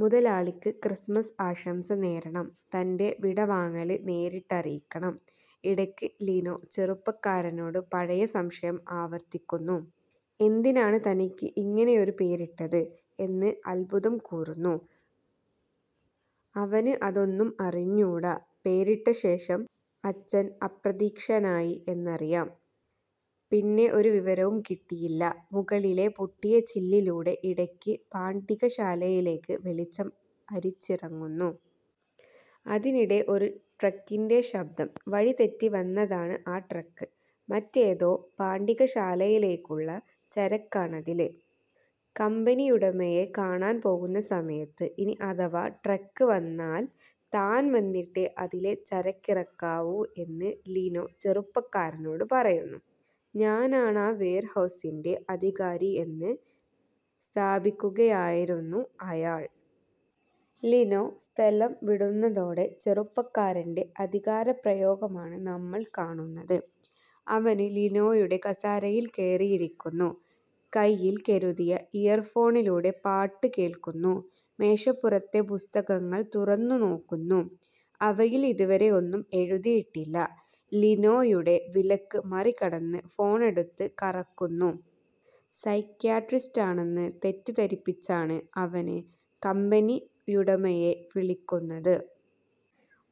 മുതലാളിക്ക് ക്രിസ്മസ് ആശംസ നേരണം. തന്റെ വിടവാങ്ങല് നേരിട്ട് അറിയിക്കണം. ഇടയ്ക്ക് ലിനോ ചെറുപ്പക്കാരനോട് പഴയ സംശയം ആവര്ത്തിക്കുന്നു. എന്തിനാണ് തനിക്ക് ഇങ്ങനെയൊരു പേരിട്ടത് എന്ന് അത്ഭുതം കൂറുന്നു. അവനതൊന്നും അറിഞ്ഞൂടാ. പേരിട്ടശേഷം അച്ഛന് അപ്രത്യക്ഷനായി എന്നറിയാം. പിന്നെ ഒരു വിവരവും കിട്ടിയില്ല. മുകളിലെ പൊട്ടിയ ചില്ലിലൂടെ ഇടയ്ക്ക്പാണ്ടികശാലയിലേക്ക് വെളിച്ചം അരിച്ചിറങ്ങുന്നു. അതിനിടെ ഒരു ട്രക്കിന്റെ ശബ്ദം. വഴി തെറ്റി വന്നതാണ് ആ ട്രക്ക്. മറ്റേതോ പാണ്ടികശാലയിലേക്കുള്ള ചരക്കാണതില്. കമ്പനിയുടമയെ കാണാന് പോകുന്ന സമയത്ത് ഇനി അഥവാ ട്രക്ക് വന്നാല് താന് വന്നിട്ടേ അതിലെ ചരക്കിറക്കാവൂ എന്ന് ലിനോ ചെറുപ്പക്കാരനോട് പറയുന്നു. ഞാനാണ് ആ വേര്ഹൗസിന്റെ അധികാരി എന്ന് സ്ഥാപിക്കുകയായിരുന്നു അയാള്. ലിനോ സ്ഥലം വിടുന്നതോടെ ചെറുപ്പക്കാരന്റെ അധികാരപ്രയോഗമാണ് നമ്മള് കാണുന്നത്. അവന് ലിനോയുടെ കസേരയില് കയറിയിരിക്കുന്നു. കൈയില് കരുതിയ ഇയർഫോണിലൂടെ പാട്ടു കേള്ക്കുന്നു. മേശപ്പുറത്തെ പുസ്തകങ്ങള് തുറന്നുനോക്കുന്നു. അവയില് ഇതുവരെ ഒന്നും എഴുതിയിട്ടില്ല. ലിനോയുടെ വിലക്ക് മറികടന്ന് ഫോണെടുത്ത് കറക്കുന്നു. സൈക്യാട്രിസ്റ്റാണെന്ന് തെറ്റിദ്ധരിപ്പിച്ചാണ് അവന് കമ്പനിയുടമയെ വിളിക്കുന്നത്.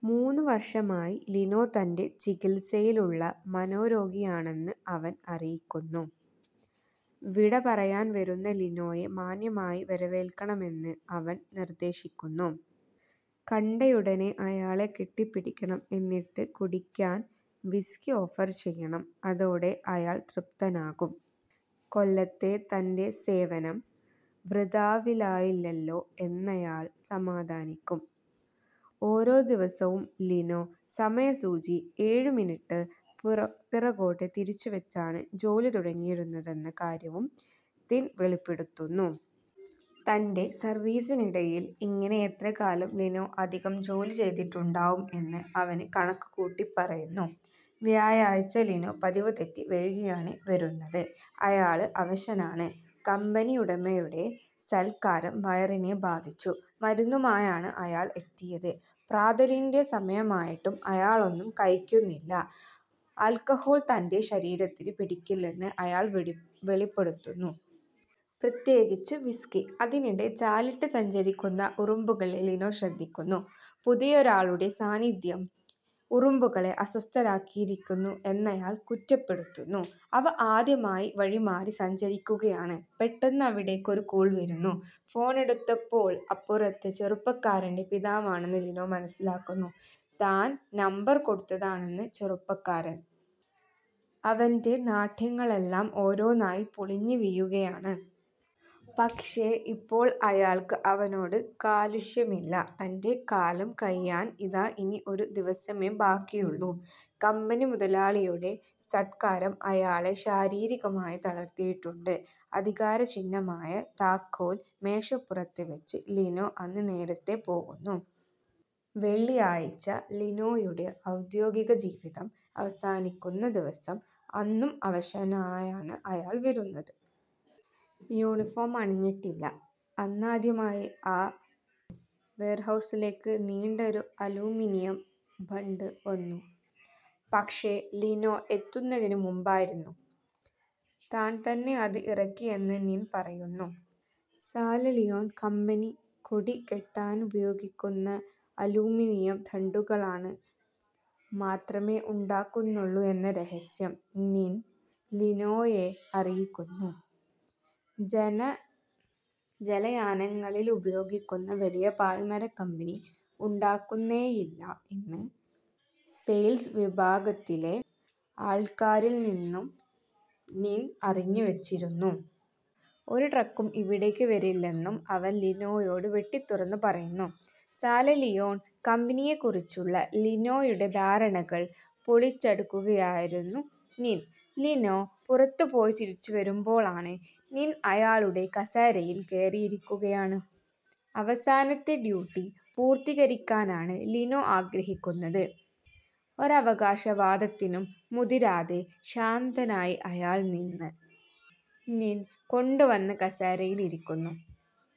മൂന്നു വർഷമായി ലിനോ തന്റെ ചികിത്സയിലുള്ള മനോരോഗിയാണെന്ന് അവൻ അറിയിക്കുന്നു. വിടപറയാന് വരുന്ന ലിനോയെ മാന്യമായി വരവൽക്കണമെന്ന് അവന് നിർദേശിക്കുന്നു. കണ്ടയുടനെ അയാളെ കെട്ടിപ്പിടിക്കണം. എന്നിട്ട് കുടിക്കാന് വിസ്കി ഓഫർ ചെയ്യണം. അതോടെ, അയാള് തൃപ്തനാകും. കൊല്ലത്തെ തന്റെ സേവനം വൃഥാവിലായില്ലല്ലോ എന്നയാള് സമാധാനിക്കും. ഓരോ ദിവസവും ലിനോ സമയസൂചി ഏഴു മിനിറ്റ് പിറകോട്ട് തിരിച്ചുവെച്ചാണ് ജോലി തുടങ്ങിയിരുന്നതെന്ന കാര്യവും നിന് വെളിപ്പെടുത്തുന്നു. തന്റെ സര്വീസിനിടയില് ഇങ്ങനെ എത്രകാലം ലിനോ അധികം ജോലി ചെയ്തിട്ടുണ്ടാവും എന്ന് അവന് കണക്കുകൂട്ടിപ്പറയുന്നു. വ്യാഴാഴ്ച ലിനോ പതിവുതെറ്റി വൈകിയാണ് വരുന്നത്. അയാള് അവശനാണ്. കമ്പനിയുടമയുടെ സൽക്കാരം വയറിനെ ബാധിച്ചു. മരുന്നുമായാണ് അയാള് എത്തിയത്. പ്രാതലിന്റെ സമയമായിട്ടും അയാള് ഒന്നും കഴിക്കുന്നില്ല. ആല്ക്കഹോള് തന്റെ ശരീരത്തിന് പിടിക്കില്ലെന്ന് അയാള് വെളിപ്പെടുത്തുന്നു. പ്രത്യേകിച്ച്, വിസ്കി. അതിനിടെ ചാലിട്ട് സഞ്ചരിക്കുന്ന ഉറുമ്പുകളെ ലിനോ ശ്രദ്ധിക്കുന്നു. പുതിയൊരാളുടെ സാന്നിധ്യം ഉറുമ്പുകളെ അസ്വസ്ഥരാക്കിയിരിക്കുന്നു എന്നയാള് കുറ്റപ്പെടുത്തുന്നു. അവ ആദ്യമായി വഴിമാറി സഞ്ചരിക്കുകയാണ്. പെട്ടെന്ന് അവിടേക്ക് ഒരു കോള് വരുന്നു. ഫോണെടുത്തപ്പോള് അപ്പുറത്ത് ചെറുപ്പക്കാരന്റെ പിതാവാണെന്ന് ലിനോ മനസ്സിലാക്കുന്നു. താന് നമ്പറ് കൊടുത്തതാണെന്ന് ചെറുപ്പക്കാരന്. അവന്റെ നാട്യങ്ങളെല്ലാം ഓരോന്നായി പൊളിഞ്ഞു വീഴുകയാണ്. പക്ഷേ, ഇപ്പോള് അയാള്ക്ക് അവനോട് കാലുഷ്യമില്ല. തന്റെ കാലം കഴിയാന് ഇതാ ഇനി ഒരു ദിവസമേ ബാക്കിയുള്ളു. കമ്പനി മുതലാളിയുടെ സത്കാരം അയാളെ ശാരീരികമായി തളർത്തിയിട്ടുണ്ട്. അധികാരചിഹ്നമായ താക്കോല് മേശപ്പുറത്ത് വെച്ച് ലിനോ അന്ന് നേരത്തേ പോകുന്നു. വെള്ളിയാഴ്ച. ലിനോയുടെ ഔദ്യോഗിക ജീവിതം അവസാനിക്കുന്ന ദിവസം. അന്നും അവശനായാണ് അയാള് വരുന്നത്. യൂണിഫോം അണിഞ്ഞിട്ടില്ല. അന്നാദ്യമായി ആ വേർഹൗസിലേക്ക് നീണ്ട ഒരു അലൂമിനിയം ദണ്ഡ് വന്നു. പക്ഷേ, ലിനോ എത്തുന്നതിനും മുമ്പായിരുന്നു. താന്തന്നെ അത് ഇറക്കിയെന്ന് നിന് പറയുന്നു. സാല്വലിയോണ് കമ്പനി കൊടി കെട്ടാനുപയോഗിക്കുന്ന അലൂമിനിയം ദണ്ഡുകളാണ് മാത്രമേ ഉണ്ടാക്കുന്നുള്ളു എന്ന രഹസ്യം നിന് ലിനോയെ അറിയിക്കുന്നു. ജലയാനങ്ങളില് ഉപയോഗിക്കുന്ന വലിയ പായ്മരം കമ്പനി ഉണ്ടാക്കുന്നേയില്ല എന്ന് സെയിൽസ് വിഭാഗത്തിലെ ആൾക്കാരിൽ നിന്നും നിന് അറിഞ്ഞുവെച്ചിരുന്നു. ഒരു ട്രക്കും ഇവിടേക്ക് വരില്ലെന്നും അവന് ലിനോയോട് വെട്ടിത്തുറന്നു പറയുന്നു. സാല്വലിയോണ് കമ്പനിയെക്കുറിച്ചുള്ള ലിനോയുടെ ധാരണകള് പൊളിച്ചടുക്കുകയായിരുന്നു നിന്. ലിനോ പുറത്തുപോയി തിരിച്ചുവരുമ്പാളാണ് നിന് അയാളുടെ കസേരയില് കയറി ഇരിക്കുകയാണ്. അവസാനത്തെ ഡ്യൂട്ടി പൂർത്തികരിക്കാനാണ് ലിനോ ആഗ്രഹിക്കുന്നത്. ഒരവകാശവാദത്തിനും മുതിരാതെ ശാന്തനായി അയാള് നിന് കൊണ്ടുവന്ന കസേരയില് ഇരിക്കുന്നു.